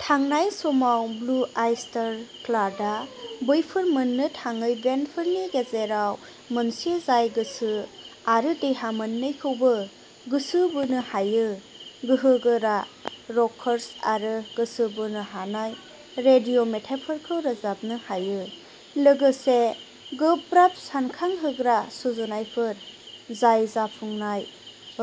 थांनाय समाव Blue Oyster काल्टआ बैफोर मोननो थाङै बेन्डफोरनि गेजेराव मोनसे जाय गोसो आरो देहा मोननैखौबो गोसो बोनो हायो गोहोगोरा रकार्स आरो गोसो बोनो हानाय रेडिय' मेथाइफोरखौ रोजाबनो हायो लोगोसे गोब्राब सानखांहोग्रा सुजुनायफोर जाय जाफुंनाय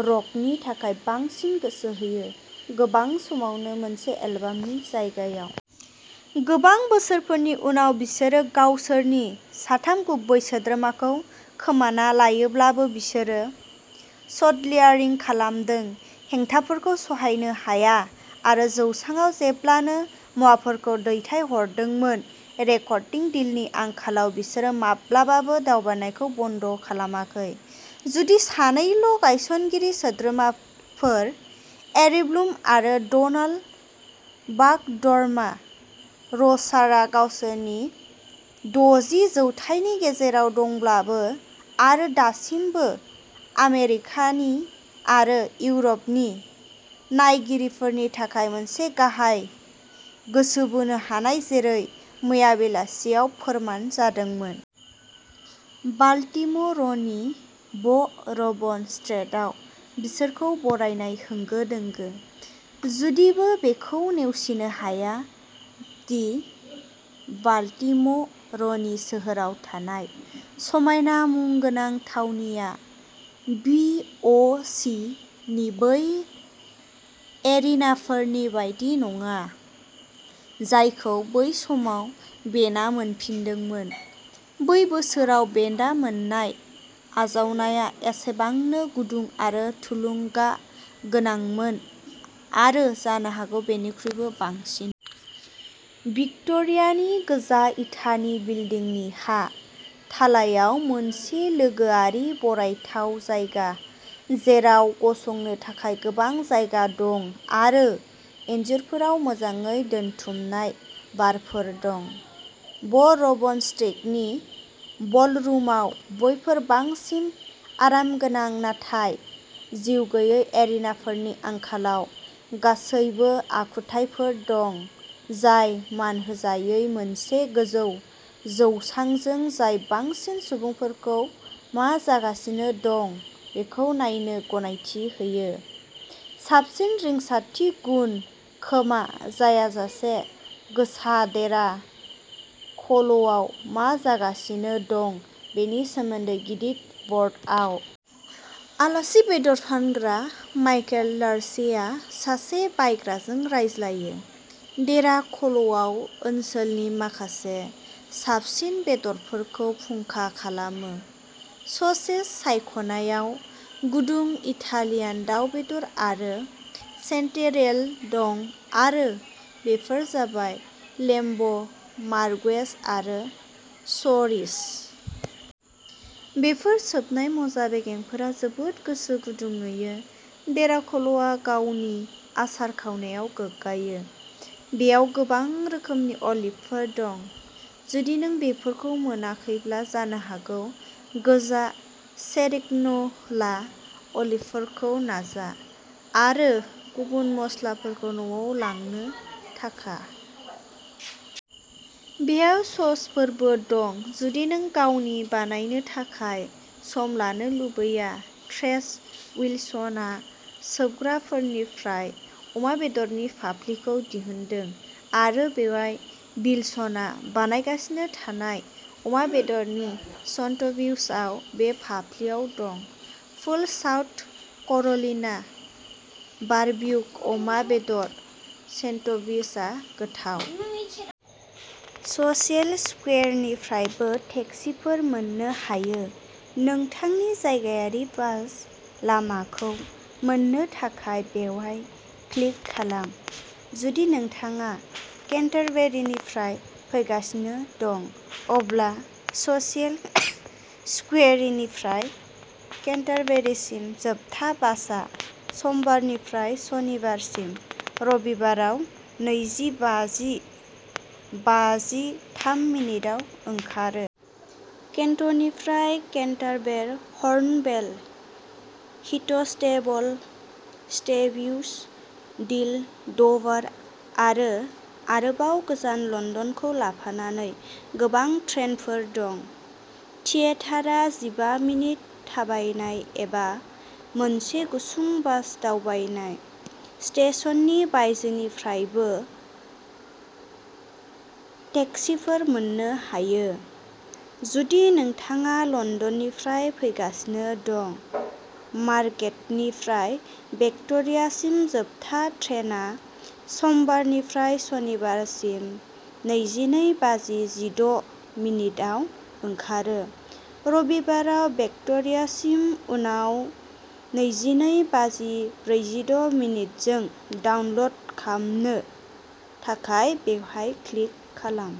र'कनि थाखाय बांसिन गोसो होयो गोबां समावनो मोनसे एलबामनि जायगायाव। गोबां बोसोरफोरनि उनाव बिसोरो गावसोरनि साथाम गुबै सोद्रोमाफोरखौ खोमाना लायोब्लाबो बिसोरो सोल्डियारिं खालामदों हेंथाफोरखौ सहायनो हाया आरो जौसाङाव जेब्लानो मुवाफोरखौ दैथायहरदोंमोन रेकर्डिं डिलनि आंखालाव बिसोरो माब्लाबाबो दावबायनायखौ बन्द खालामाखै जुदि सानैल' गायसनगिरि सोद्रोमाफोर एरिकब्लुम आरो डनाल्ड "बाक धर्मा" र'सार गावसोरनि दजि जौथायनि गेजेराव दंब्लाबो आरो दासिमबो आमेरिकानि आरो इउर'पनि नायगिरिफोरनि थाखाय मोनसे गाहाय गोसो बोनो हानाय जेरै मैया बेलासियाव फोरमान जादोंमोन। बाल्टिम'रनि ब'रबन स्ट्रिटआव बिसोरखौ बरायनाय होंगो-दोंगो। जुदिबो बेखौ नेवसिनो हाया दि बाल्टिम'रनि सोहोराव थानाय समायना मुं गोनां थावनिया बि. अ. सि. नि बै एरेनाफोरनि बायदि नङा जायखौ बै समाव बेन्डआ मोनफिनदोंमोन। बै बोसोरफोराव बेन्डआ मोननाय आजावनाया एसेबांनो गुदुं आरो थुलुंगागोनांमोन आरो जानो हागौ बेनिख्रुइबो बांसिनमोन। भिक्ट'रियानि गोजा इटानि बिल्डिंनि हा थालायाव मोनसे लोगोआरि बरायथाव जायगा जेराव गसंनो थाखाय गोबां जायगा दं आरो इनजुरफोराव मोजाङै दोनथुमनाय बारफोर दं ब'रबन स्ट्रिटनि बलरुमाव बैफोर बांसिन आरामगोनां नाथाय जिउ गैयै एरेनाफोरनि आंखाल गासैबो आखुथायफोर दं जाय मानहोजायै मोनसे गोजौ जौसांजों जाय बांसिन सुबुंफोरखौ मा जागासिनो दं बेखौ नायनो गनायथि होयो साबसिन रिंसारथि गुन खोमा जायाजासे गोसा देरा क'लआव मा जागासिनो दं बेनि सोमोन्दै गिदिर बर्डआव। आलासि बेदर फानग्रा माइकेल लार'चे आ सासे बायग्राजों रायज्लायो। टेरा क'लआ ओनसोलनि माखासे साबसिन बेदरफोरखौ फुंखा खालामो। ससेज सायख'नायाव गुदुं इटालियान दाव बेदर आरो चेन्टेरेल दं आरो बेफोरो जाबाय लेम्ब मार्गुएज आरो च'रिज'। बेफोर सोबनाय मज्जा बेगेंफोरा जोबोद गोसो गुदुं नुयो। टेरा क'लआ गावनि आसार-खावनायाव गोग्गायो। बेयाव गोबां रोखोमनि अलिभफोरबो दं। जुदि नों बेफोरखौ मोनाखैब्ला जानो हागौ गोजा सेरिग्न'ला अलिभफोरखौ नाजा। आरो गुबुन मस्लाफोरखौ न'आव लांनो थाखाय। बेयाव ससफोरबो दं जुदि नों गावनि बानायनो थाखाय सम लानो लुबैया। ट्रेस उइलसनआ सोबग्राफोरनिफ्राय अमा बेदरनि फाफ्लिखौ दिहुनदों। आरो बेवहाय विल्सनआ बानायगासिनो थानाय अमा बेदरनि सेन्डविचआव बे फाफ्लिआव दं। "पुल्ड साउथ केर'लिना बारबिक्यु अमा बेदर" सेन्डविचआ गोथाव। सेसिल स्कुवेरनिफ्रायबो टेक्सिफोर मोननो हायो। नोंथांनि जायगायारि बास लामाखौ मोननो थाखाय बेयाव क्लिक खालाम। जुदि नोंथाङा केन्टारबेरनिफ्राय फैगासिनो दं अब्ला ससेल स्कुवेरनिफ्राय केन्टारबेरिसिम जोबथा बासआ समबारनिफ्राय सनिबारसिम रबिबाराव नैजि बाजि बाजिथाम मिनिटआव ओंखारो। केन्टनिफ्राय केन्टारबेर, हर्न बे, व्हिटस्टेबल, सेन्डविच, डील, डभार आरो आरोबाव गोजान लन्दनखौ लाफानानै गोबां ट्रेनफोर दं। थियेटारा जिबा मिनिट थाबायनाय एबा मोनसे गुसुं बास दावबायनाय, स्टेशननि बायजोनिफ्रायबो टेक्सिफोर मोननो हायो। जुदि नोंथाङा लन्दननिफ्राय फैगासिनो दं मार्गेटनिफ्राय भिक्ट'रियासिम जोबथा ट्रेनआ समबारनिफ्राय सनिबारसिम नैजिनै बाजि जिद' मिनिट आव ओंखारो, रबिबाराव भिक्ट'रियासिम उनाव नैजिनै बाजि ब्रैजिद' मिनिट जों डाउनल'ड खालामनो थाखाय बेयाव क्लिक खालाम।